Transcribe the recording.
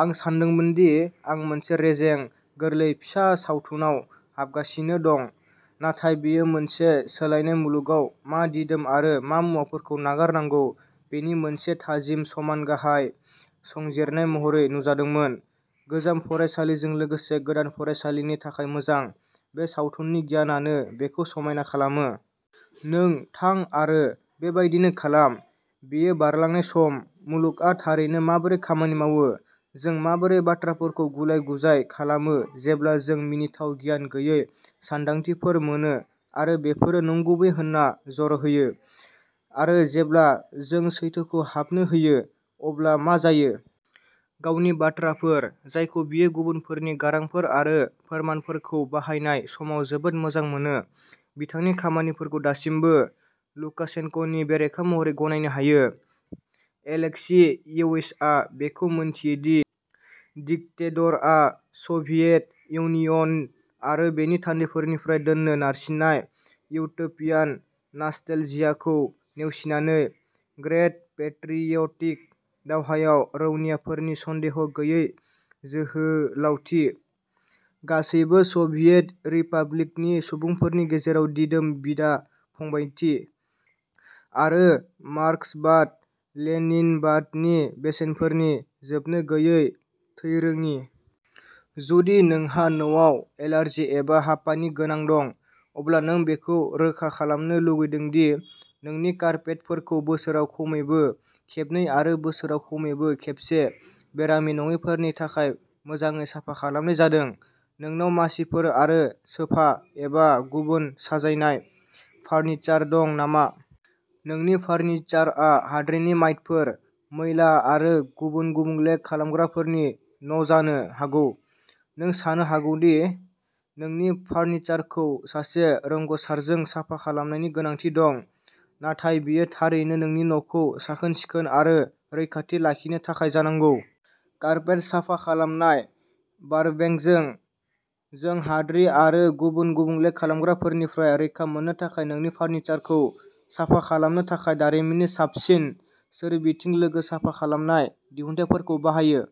आं सानदोंमोन दि आं मोनसे रेजें, गोरलै फिसा सावथुनाव हाबगासिनो दं, नाथाय बेयो मोनसे सोलायनाय मुलुगाव मा दिदोम आरो मा मुवाफोरखौ नागारनांगौ बेनि मोनसे थाजिम समान-गाहाय संजिरनाय महरै नुजादोंमोन। गोजाम फरायसालिजों लोगोसे गोदान फरायसालिनि थाखाय मोजां, बे सावथुननि गियानानो बेखौ समायना खालामो। नों थां आरो बेबायदिनो खालाम। बेयो बारलांनाय सम, मुलुगआ थारैनो माबोरै खामानि मावो, जों माबोरै बाथ्राफोरखौ गुलाय-गुजाय खालामो जेब्ला जों मिनिथाव गियान गैयै सानदांथिफोर मोनो आरो बेफोरो नंगुबै होनना जर होयो, आरो जेब्ला जों सैथोखौ हाबनो होयो अब्ला मा जायो। गावनि बाथ्राफोर, जायखौ बियो गुबुनफोरनि गारांफोर आरो फोरमानफोरखौ बाहायनाय समाव जोबोद मोजां मोनो, बिथांनि खामानिफोरखौ दासिमबो लुकाशेन्क'नि बेरेखा महरै गनायनो हायो। एलेक्सियेविचआ बेखौ मोनथियो दि डिक्टेडरआ सभियेट इउनियन आरो बेनि थान्दैफोरनिफ्राय दोननो नारसिननाय इउटोपियान नास्टेलजियाखौ नेवसिनानै-- ग्रेट पेट्रियटिक दावहायाव रौनियाफोरनि सन्देह गैयै जोहोलावथि, गासैबो सभियेट रिपाब्लिकनि सुबुंफोरनि गेजेराव दिदोम बिदा-फंबायथि, आरो मार्क्सबाद-लेनिनबादनि बेसेनफोरनि जोबनोगैयै थैरोङि। जुदि नोंहा न'आव एलार्जि एबा हापानि गोनां दं, अब्ला नों बेखौ रोखा खालामनो लुगैदों दि नोंनि कारपेटफोरखौ बोसोराव खमैबो खेबनै आरो बोसोराव खमैबो खेबसे बेरामि नङैफोरनि थाखाय मोजाङै साफा खालामनाय जादों। नोंनाव मासिफोर आरो सोफा एबा गुबुन साजायनाय फार्निचार दं नामा? नोंनि फार्निचारआ हाद्रिनि माइटफोर, मैला आरो गुबुन गुबुंले खालामग्राफोरनि न'जानो हागौ। नों सानो हागौ दि नोंनि फार्निचारखौ सासे रोंग'सारजों साफा खालामनायनि गोनांथि दं, नाथाय बेयो थारैनो नोंनि न'खौ साखोन-सिखोन आरो रैखाथि लाखिनो थाखाय जानांगौ। कारपेट साफा खालामनाय बारबेंकजों, जों हाद्रि आरो गुबुन गुबुंले खालामग्राफोरनिफ्राय रैखा मोननो थाखाय नोंनि फार्निचारखौ साफा खालामनो थाखाय दारिमिननि साबसिन सोरबिथिं-लोगो साफा खालामनाय दिहुनथायफोरखौ बाहायो।